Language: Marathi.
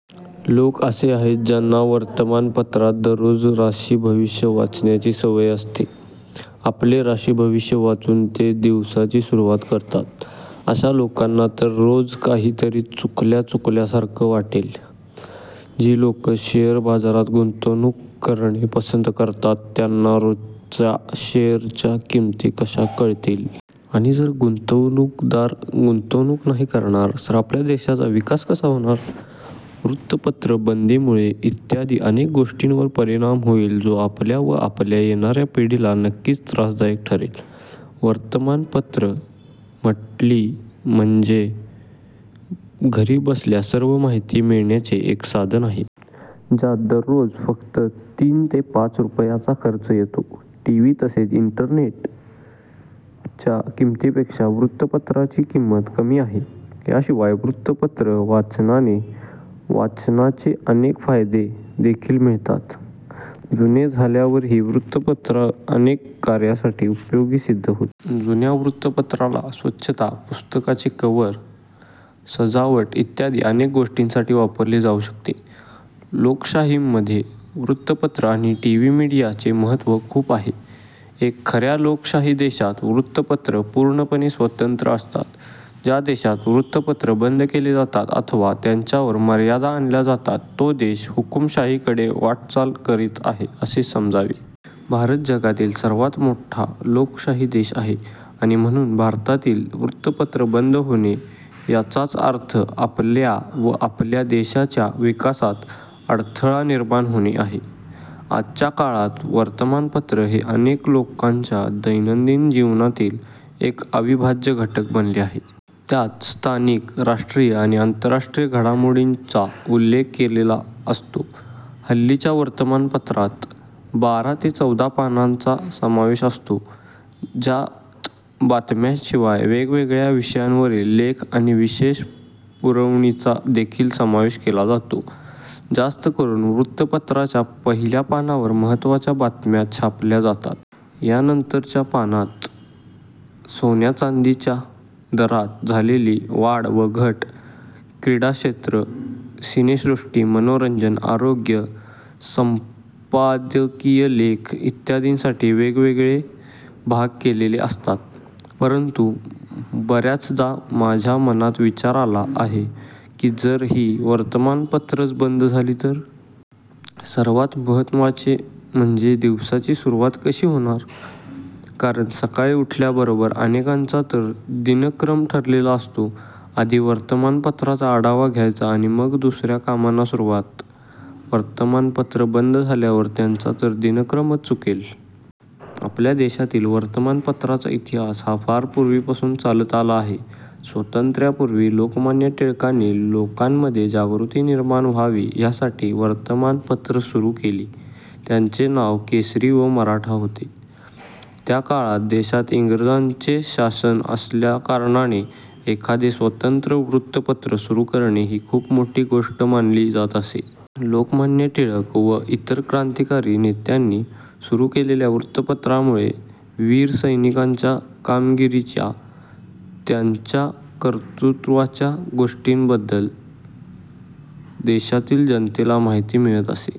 लोक असे आहेत ज्यांना वर्तमान पत्रात दररोज राशी भविष्य वाचण्याची सवय असते. आपले राशी भविष्य वाचूनच ते दिवसाची सुरुवात करतात. आशा लोकांना तर रोज काही तरी चुकल्या चुकल्यासारखं वाटेल. जी लोकं शेअर बाजारात गुंतवणूक करणे पसंत करतात त्यांना रोजच्या शेअर च्या किमती कश्या कळतील? आणि जर गुंतवणूकदार गुंतवणूक नाही करणार तर आपल्या देशाचा विकास कसा होणार? वृत्तपत्र बंदीमुळे इत्यादि अनेक गोष्टींवर परिणाम होईल जो आपल्या व आपल्या येणाऱ्या पिढीला नक्कीच त्रासदायक ठरेल. वर्तमान पत्र म्हटली म्हणजे घरी बसल्या सर्व माहिती मिळण्याचे एक साधन आहे. ज्यात दररोज फक्त तीन ते पाच रुपयाचा खर्च येतो. टीव्ही तसेच इंटरनेट च्या किमितीपेक्षा वृत्तपत्राची किंमत कमी आहे. याशिवाय वृत्तपत्र वाचनाने वाचनाचे अनेक फायदे देखील मिळतात. जूने झाल्यावरही वृत्तपत्र अनेक काऱ्यांसाठी उपयोगी सिद्ध होते. जुन्या वृत्तपत्राला स्वच्छता, पुस्तकाचे कवर, सजावट इत्यादि अनेक गोष्टींसाठी वापरले जाऊ शकते. लोकशाही मध्ये वृत्तपत्र आणि टीव्ही मीडिया चे महत्व खूप आहे. एक खऱ्या लोकशाही देशात वृत्तपत्र पूर्णपणे स्वतंत्र असतात. ज्या देशात वृत्तपत्र बंद केले जातात अथवा त्यांच्यावर मर्यादा आणल्या जातात तो देश हुकुमशाही कडे वाटचाल करीत आहे असे समजावे. भारत जगातील सर्वात मोठा लोकशाही देश आहे आणि म्हणून भारतातील वृत्तपत्र बंद होणे याचाच अर्थ आपल्या व आपल्या देशाच्या विकासात अडथळा निर्माण होणे आहे. आजच्या काळात वर्तमान पत्र हे अनेक लोकांच्या दैनंदिन जीवनातील एक अविभाज्य घटक बनले आहे. त्यात स्थानिक, राष्ट्रीय आणि आंतरराष्ट्रीय घडामोडींचा उल्लेख केलेला असतो. हल्लीच्या वर्तमान पत्रात बारा ते चौदा पानांचा समावेश असतो. ज्यात बातम्या शिवाय वेगवेगळ्या विषयांवरील लेख आणि विशेष पुरवणीचा देखील समावेश केला जातो. जास्तकरून वृत्तपत्राच्या पहिल्या पानावर महत्त्वाच्या बातम्याचा छापल्या जातात. यानंतर च्या पानात सोन्या चांदीच्या दरात झालेली वाढ व घट, क्रीडाक्षेत्र, सिनेसृष्टी, मनोरंजन, आरोग्य, संपादकीय लेख इत्यादींसाठी वेगवेगळे भाग केलेले असतात. परंतु बऱ्याचदा माझ्या मनात विचार आला आहे की जर ही वर्तमान पत्रच बंद झाली तर.... सर्वात महत्वाचे म्हणजे दिवसाची सुरुवात कशी होणार? कारण सकाळी उठल्याबरोबर अनेकांचा तर दिनक्रम ठरलेला असतो, आधी वर्तमान पत्राचा आढावा घ्यायचा आणि मग दुसऱ्या कामांना सुरुवात. वर्तमान पत्र बंद झाल्यावर त्यांचा तर दिनक्रमच चुकेल.... आपल्या देशातील वर्तमान पत्राचा इतिहास हा फार पूर्वी पासून चालत आला आहे, स्वातंत्र्यापूर्वी लोकमान्य टिळकांनी लोकांमध्ये जागृती निर्माण व्हावी यासाठी वर्तमान पत्र सुरु केली त्यांचे नाव केसरी व मराठा होते. त्या काळात देशात इंग्रजांचे शासन असल्या कारणाने एखादे स्वतंत्र वृत्तपत्र सुरु करणे ही खूप मोठी गोष्ट मानली जात असे. लोकमान्य टिळक व इतर क्रांतिकारी नेत्यांनी सुरू केलेल्या वृत्तपत्रामुळे वीर सैनिकांच्या कामगिरीच्या, त्यांच्या कर्तृत्वाच्या गोष्टींबद्दल देशातील जनतेला माहिती मिळत असे.